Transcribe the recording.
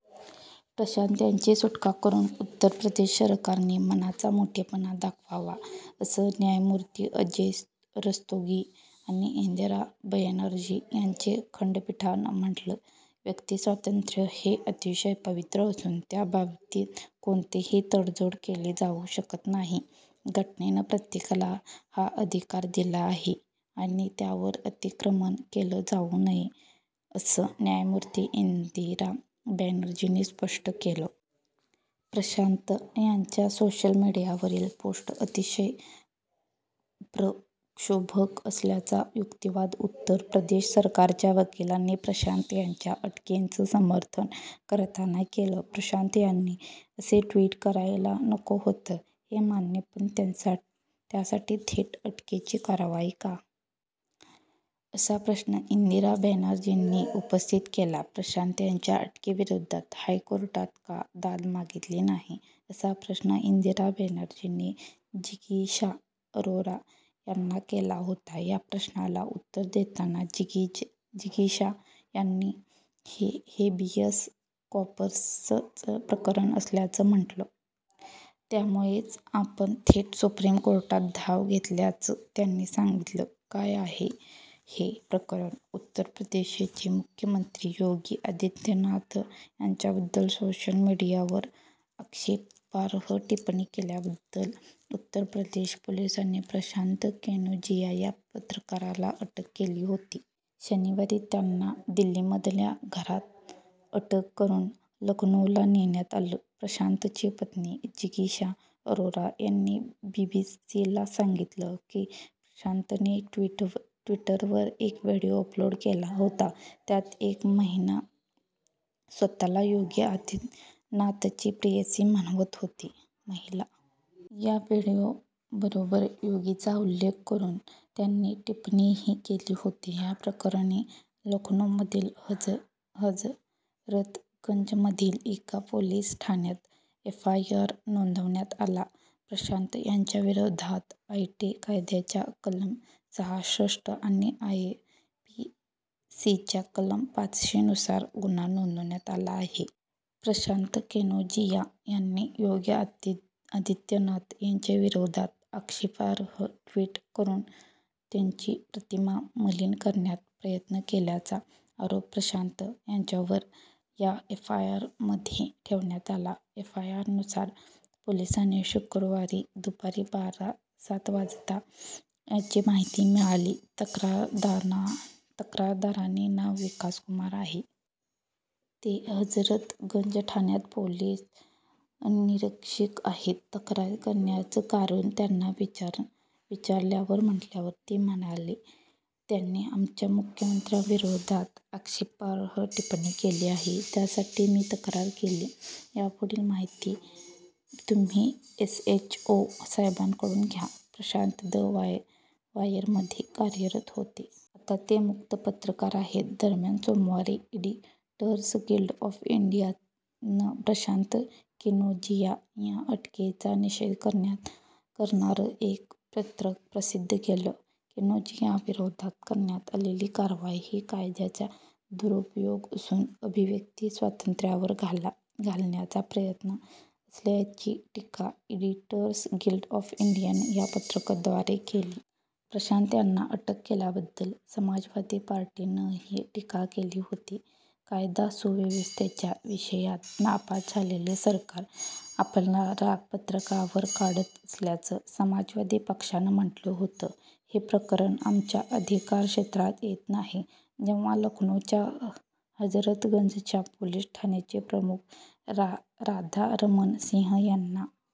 प्रशांत यांची सुटका करून उत्तर प्रदेश सरकारने मनाचा मोठेपणा दाखवावा, असं न्यायमूर्ती अजय रस्तोगी आणि इंदिरा बॅनर्जी यांच्या खंडपीठानं म्हटलं. व्यक्तिस्वातंत्र्य हे अतिशय पवित्र असून त्याबाबतीत कोणतीही तडजोड केली जाऊ शकत नाही. घटनेनं प्रत्येकाला हा अधिकार दिला आहे आणि त्यावर अतिक्रमण केलं जाऊ नये, असं न्यायमूर्ती इंदिरा बॅनर्जींनी स्पष्ट केलं. प्रशांत यांच्या सोशल मीडियावरील पोस्ट्स अतिशय प्रक्षोभक असल्याचा युक्तिवाद उत्तर प्रदेश सरकारच्या वकिलांनी प्रशांत यांच्या अटकेचं समर्थन करताना केला. प्रशांत यांनी असे ट्वीट करायला नको होतं, हे मान्य. पण त्यासाठी थेट अटकेची कारवाई का? असा प्रश्न इंदिरा बॅनर्जींनी उपस्थित केला. प्रशांत यांच्या अटकेविरोधात हायकोर्टात का दाद मागितली नाही, असा प्रश्न इंदिरा बॅनर्जींनी जिगीषा अरोरा यांना केला होता. या प्रश्नाला उत्तर देताना जिगीषा यांनी हे हेबियस कॉपर्सचं प्रकरण असल्याचं म्हटलं. त्यामुळेच आपण थेट सुप्रीम कोर्टात धाव घेतल्याचं त्यांनी सांगितलं. काय आहे हे प्रकरण? उत्तर प्रदेशचे मुख्यमंत्री योगी आदित्यनाथ यांच्याबद्दल सोशल मीडियावर आक्षेपार्ह टिप्पणी केल्याबद्दल उत्तर प्रदेश पोलिसांनी प्रशांत कनौजिया या पत्रकाराला अटक केली होती. शनिवारी त्यांना दिल्लीमधल्या घरात अटक करून लखनौला नेण्यात आलं. प्रशांतची पत्नी जिगीषा अरोरा यांनी बीबीसीला सांगितलं, की प्रशांतने ट्विटरवर एक व्हीडिओ अपलोड केला होता. त्यात एक महिला स्वतःला योगी आदित्यनाथांची प्रेयसी म्हणवत होती. या व्हीडिओबरोबर योगींचा उल्लेख करून त्यांनी टिप्पणीही केली होती. या प्रकरणी लखनौमधील हजरतगंजमधील एका पोलीस ठाण्यात एफआयआर नोंदवण्यात आला. प्रशांत यांच्याविरोधात आयटी कायद्याच्या कलम सहासष्ट आणि आयपीसीच्या कलम पाचशे नुसार गुन्हा नोंदवण्यात आला आहे. प्रशांत कनौजिया यांनी योगी आदित्यनाथ यांच्याविरोधात आक्षेपार्ह ट्वीट करून त्यांची प्रतिमा मलिन करण्याचा प्रयत्न केल्याचा आरोप प्रशांत यांच्यावर या एफआयआरमध्ये ठेवण्यात आला. एफआयआरनुसार, पोलिसांना शुक्रवारी दुपारी बारा .सात वाजता याची माहिती मिळाली. तक्रारदाराचे नाव विकास कुमार आहे. ते हजरतगंज ठाण्यात पोलीस निरीक्षक आहेत. तक्रार करण्याचं कारण त्यांना विचारल्यावर म्हटल्यावर ते म्हणाले त्यांनी आमच्या मुख्यमंत्र्यांविरोधात आक्षेपार्ह टिप्पणी केली होती. त्यासाठी मी तक्रार केली. यापुढील माहिती तुम्ही एसएचओ साहेबांकडून घ्या. प्रशांत द वायरमध्ये कार्यरत होते. आता ते मुक्त पत्रकार आहेत. दरम्यान, सोमवारी एडिटर्स गिल्ड ऑफ इंडियानं प्रशांत कनौजिया यांच्या अटकेचा निषेध करणारं एक पत्रक प्रसिद्ध केलं. कनौजियांविरोधात करण्यात आलेली कारवाई ही कायद्याचा दुरूपयोग असून अभिव्यक्ती स्वातंत्र्यावर घाला घालण्याचा प्रयत्न असल्याची टीका एडिटर्स गिल्ड ऑफ इंडियानं या पत्रकाद्वारे केली. प्रशांत यांना अटक केल्याबद्दल समाजवादी पार्टीनंही टीका केली होती. कायदा सुव्यवस्थेच्या विषयात नापास झालेले सरकार आपला राग पत्रकारांवर काढत असल्याचं समाजवादी पक्षानं म्हटलं होतं. हे प्रकरण आमच्या अधिकार क्षेत्रात येत नाही जेव्हा लखनौच्या हजरतगंजच्या पोलीस ठाण्याचे प्रमुख राधारमण सिंह यांना